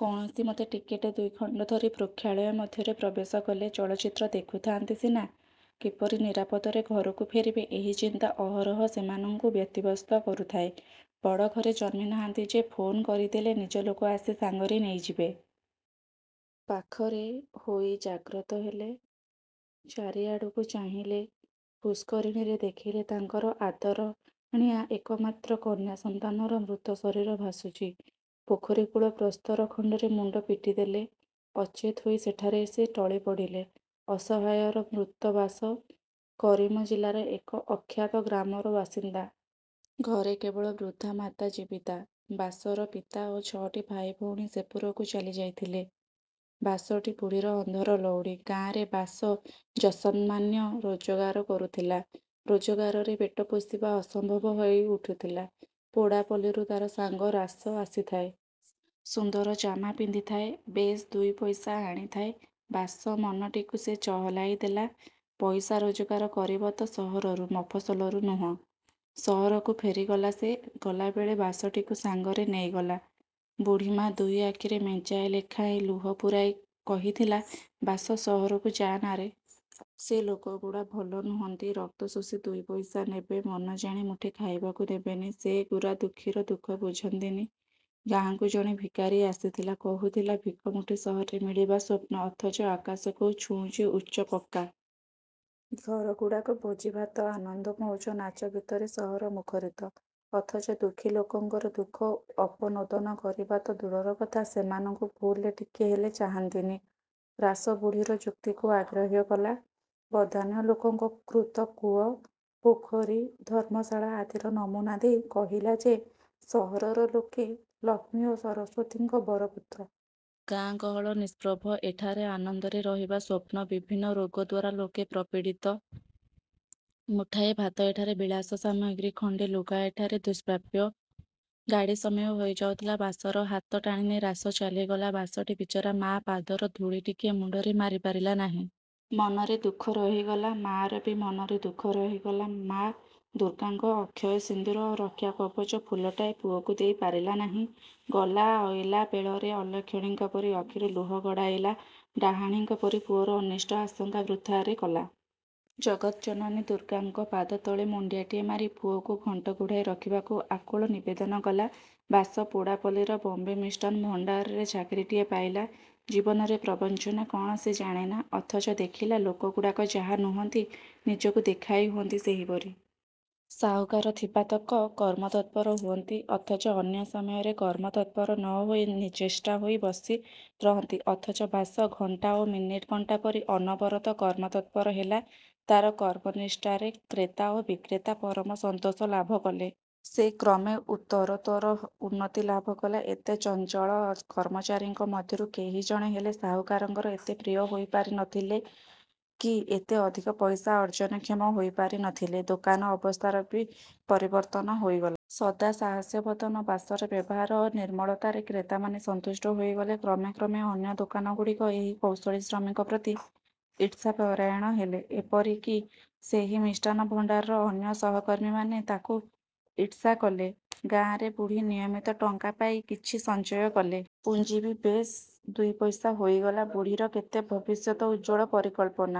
କୌଣସି ମତେ ଟିକେଟ ଦୁଇଖଣ୍ଡ ଧରି ପ୍ରୋକ୍ଷାଳୟ ମଧ୍ୟରେ ପ୍ରବେଶ କଲେ। ଚଳଚ୍ଚିତ୍ର ଦେଖୁଥାଆନ୍ତି ସିନା, କିପରି ନିରାପଦରେ ଘରକୁ ଫେରିବେ ଏହି ଚିନ୍ତା ଅହରହ ସେମାନଙ୍କୁ ବ୍ୟତିବ୍ୟସ୍ତ କରୁଥାଏ-। ବଡ଼ ଘରେ ଜନ୍ମି ନାହାନ୍ତି ଯେ, ଫୋନ୍ କରିଦେଲେ ନିଜ ଲୋକ ଆସି ସାଙ୍ଗରେ ନେଇଯିବେ-। ପାଖରେ। ହୋଇ ଜାଗ୍ରତ ହେଲେ-। ଚାରିଆଡ଼କୁ ଚାହିଁଲେ। ପୁଷ୍କରିଣୀରେ ଦେଖିଲେ ତାଙ୍କର ଆଦରଣୀୟା ଏକମାତ୍ର କନ୍ୟା ସନ୍ତାନର ମୃତ ଶରୀର ଭାସୁଚି। ପୋଖରୀ କୁଳ ପ୍ରସ୍ତର ଖଣ୍ଡରେ ମୁଣ୍ଡ ପିଟିଦେଲେ। ଅଚେତ ହୋଇ ସେଇଠାରେ ସେ ଟଳିପଡ଼ିଲେ। ଅସହାୟର ମୃତ୍ୟୁ ବାସ। କରିମ ଜିଲାର ଏକ ଅଖ୍ୟାତ ଗ୍ରାମର ବାସିନ୍ଦା। ଘରେ କେବଳ ବୃଦ୍ଧା ମାତା ଜୀବିତା। ବାସର ପିତା ଓ ଛଅଟି ଭାଇ ଭଉଣୀ ସେପୁରକୁ ଚାଲି ଯାଇଥିଲେ। ବାସଟି ବୁଢ଼ୀର ଅନ୍ଧର ଲଉଡ଼ି। ଗାଁରେ ବାସ ଯତ୍ସାମାନ୍ୟ ରୋଜଗାର କରୁଥିଲା। ରୋଜଗାରରେ ପେଟ ପୋଷିବା ଅସମ୍ଭବ ହେଇ ଉଠୁଥିଲା। ପେଡ଼ାପଲ୍ଲୀରୁ ତାର ସାଙ୍ଗ ରାସ ଆସିଥାଏ। ସୁନ୍ଦର ଜାମା ପିନ୍ଧିଥାଏ। ବେଶ୍ ଦୁଇ ପଇସା ଆଣିଥାଏ। ବାସ ମନଟିକୁ ସେ ଚହଲାଇ ଦେଲା। ପଇସା ରୋଜଗାର କରିବ ତ ସହରରୁ, ମଫସଲରୁ ନୁହ। ସହରକୁ ଫେରିଗଲା ସେ। ଗଲାବେଳେ ବାସଟିକୁ ସାଙ୍ଗରେ ନେଇଗଲା। ବୁଢ଼ୀମା ଦୁଇ ଆଖିରେ ମେଞ୍ଚାଏ ଲେଖାଏଁ ଲୁହ ପୂରାଇ କହିଥିଲା—ବାସ, ସହରକୁ ଯା ନାରେ। ସେ ଲୋକ ଗୁଡ଼ା ଭଲ ନୁହନ୍ତି। ରକ୍ତଶୋଷି ଦୁଇ ପଇସା ନେବେ। ମନ ଜାଣି ମୁଠେ ଖାଇବାକୁ ଦେବେନି। ସେ ଗୁରା ଦୁଃଖିର ଦୁଃଖ ବୁଝନ୍ତି ନି! ଗାଁକୁ ଜଣେ ଭିକାରୀ ଆସିଥିଲା। କହୁଥିଲା, ଭିକ ମୁଠେ ସହରରେ ମିଳିବା ସ୍ୱପ୍ନ, ଅଥଚ ଆକାଶକୁ ଛୁଉଁଚି ଉଚ୍ଚ ପକ୍କା। ଘରଗୁଡ଼ାକ। ଭୋଜି ଭାତ, ଆନନ୍ଦ ମଉଜ, ନାଚ ଗୀତରେ ସହର ମୁଖରିତ; ଅଥଚ ଦୁଃଖୀ ଲୋକଙ୍କର ଦୁଃଖ ଅପନୋଦନ କରିବା ତ ଦୂରର କଥା, ସେମାନଙ୍କୁ ଭୁଲରେ ଟିକିଏ ହେଲେ ଚାହାନ୍ତିନି। ରାସ, ବୁଢ଼ୀର ଯୁକ୍ତିକୁ ଅଗ୍ରାହ୍ୟ କଲା। ବଦାନ୍ୟ ଲୋକଙ୍କ କୃତ କୂଅ, ପୋଖରୀ, ଧର୍ମଶାଳା ଆଦିର ନମୁନା ଦେଇ, କହିଲା ଯେ ସହରର ଲୋକେ ଲକ୍ଷ୍ମୀ ଓ ସରସ୍ୱତୀଙ୍କ ବରପୁତ୍ର। ଗାଁ ଗହଳ ନିଷ୍ପ୍ରଭ, ଏଠାରେ ଆନନ୍ଦରେ ରହିବା ସ୍ୱପ୍ନ। ବିଭିନ୍ନ ରୋଗ ଦ୍ୱାରା ଲୋକେ ପ୍ରପୀଡ଼ିତ। ମୁଠାଏ ଭାତ ଏଠାରେ ବିଳାସ ସାମଗ୍ରୀ, ଖଣ୍ତେ ଲୁଗା ଏଠାରେ ଦୁଷ୍ପ୍ରାପ୍ୟ। ଗାଡ଼ି ସମୟ ହୋଇ ଯାଉଥିଲା। ବାସର ହାତ ଟାଣିନେଇ ରାସ ଚାଲିଗଲା। ବାସଟି ବିଚରା ମା ପାଦର ଧୂଳି ଟିକିଏ ମୁଣ୍ତରେ ମାରି ପାରିଲା ନାହିଁ। ମନରେ ଦୁଃଖ ରହିଗଲା। ମା'ର ବି ମନରେ ଦୁଃଖ ରହିଗଲା। ମା ଦୁର୍ଗାଙ୍କ ଅକ୍ଷୟ ସିନ୍ଦୂର ଓ ରକ୍ଷା କବଚ ଫୁଲଟାଏ ପୁଅକୁ ଦେଇ ପାରିଲା ନାହିଁ। ଗଲା ଅଇଲା ବେଳରେ ଅଲକ୍ଷଣୀଙ୍କ ପରି ଆଖିରୁ ଲୁହ ଗଡ଼ାଇଲା। ଡାଆଣୀଙ୍କ ପରି ପୁଅର ଅନିଷ୍ଟ ଆଶଙ୍କା ବୃଥାରେ କଲା। ଜଗତ୍ଜନନୀ ଦୁର୍ଗାଙ୍କ ପାଦତଳେ ମୁଣ୍ତିଆଟିଏ ମାରି ପୁଅକୁ ଘଣ୍ଟ ଘୋଡ଼ାଇ ରଖିବାକୁ ଆକୁଳ ନିବେଦନ କଲା। ବାସ ପେଡ଼ାପଲ୍ଲୀର 'ବମ୍ବେ ମିଷ୍ଟାନ ଭଣ୍ତାର'ରେ ଚାକିରୀଟିଏ ପାଇଲା। ଜୀବନରେ ପ୍ରବଞ୍ଚନା କ'ଣ ସେ ଜାଣେନା। ଅଥଚ ଦେଖିଲା ଲୋକଗୁଡ଼ାକ ଯାହା ନୁହନ୍ତି, ନିଜକୁ ଦେଖାଇ ହୁଅନ୍ତି ସେହିପରି। ସାହୁକାର ଥିବାତକ କର୍ମତତ୍ପର ହୁଅନ୍ତି; ଅଥଚ ଅନ୍ୟ ସମୟରେ କର୍ମତତ୍ପର ନ ହୋଇ ନିଶ୍ଚେଷ୍ଟା ହୋଇ ବସି ରହନ୍ତି। ଅଥଚ ବାସ, ଘଣ୍ଟା ଓ ମିନିଟ୍ କଣ୍ଟା ପରି ଅନବରତ କର୍ମତତ୍ପର ହେଲା। ତାର କର୍ମନିଷ୍ଠାରେ କ୍ରେତା ଓ ବିକ୍ରେତା ପରମ ସନ୍ତୋଷ ଲାଭ କଲେ। ସେ କ୍ରମେ ଉତ୍ତରୋତ୍ତର ଉନ୍ନତି ଲାଭ କଲା। ଏତେ ଚଞ୍ଚଳ କର୍ମଚାରୀଙ୍କ ମଧ୍ୟରୁ କେହି ଜଣେ ହେଲେ ସାହୁକାରଙ୍କର ଏତେ ପ୍ରିୟ ହୋଇ ପାରି ନ ଥିଲେ କି ଏତେ ଅଧିକ ପଇସା ଅର୍ଜନକ୍ଷମ ହୋଇ ପାରି ନ ଥିଲେ। ଦୋକାନ ଅବସ୍ଥାର ବି ପରିବର୍ତ୍ତନ ହୋଇଗଲା। ସଦା ସହାସ୍ୟବଦନ ବାସର ବ୍ୟବହାର ଓ ନିର୍ମଳତାରେ କ୍ରେତାମାନେ ସନ୍ତୁଷ୍ଟ ହୋଇଗଲେ। କ୍ରମେ କ୍ରମେ ଅନ୍ୟ ଦୋକାନଗୁଡ଼ିକ ଏହି କୌଶଳୀ ଶ୍ରମିକ ପ୍ରତି ଈର୍ଷାପରାୟଣ ହେଲେ। ଏପରି କି ସେହି ମିଷ୍ଟାନ ଭଣ୍ତାରର ଅନ୍ୟ ସହକର୍ମୀମାନେ ତାକୁ ଈର୍ଷା କଲେ। ଗାଁରେ ବୁଢ଼ୀ ନିୟମିତ ଟଙ୍କା ପାଇ କିଛି ସଞ୍ଚୟ କଲେ। ପୁଞ୍ଜି ବି ବେଶ୍ ଦୁଇ ପଇସା ହୋଇଗଲା। ବୁଢ଼ୀର କେତେ ଭବିଷ୍ୟତ ଉଜ୍ଜ୍ୱଳ ପରିକଳ୍ପନା।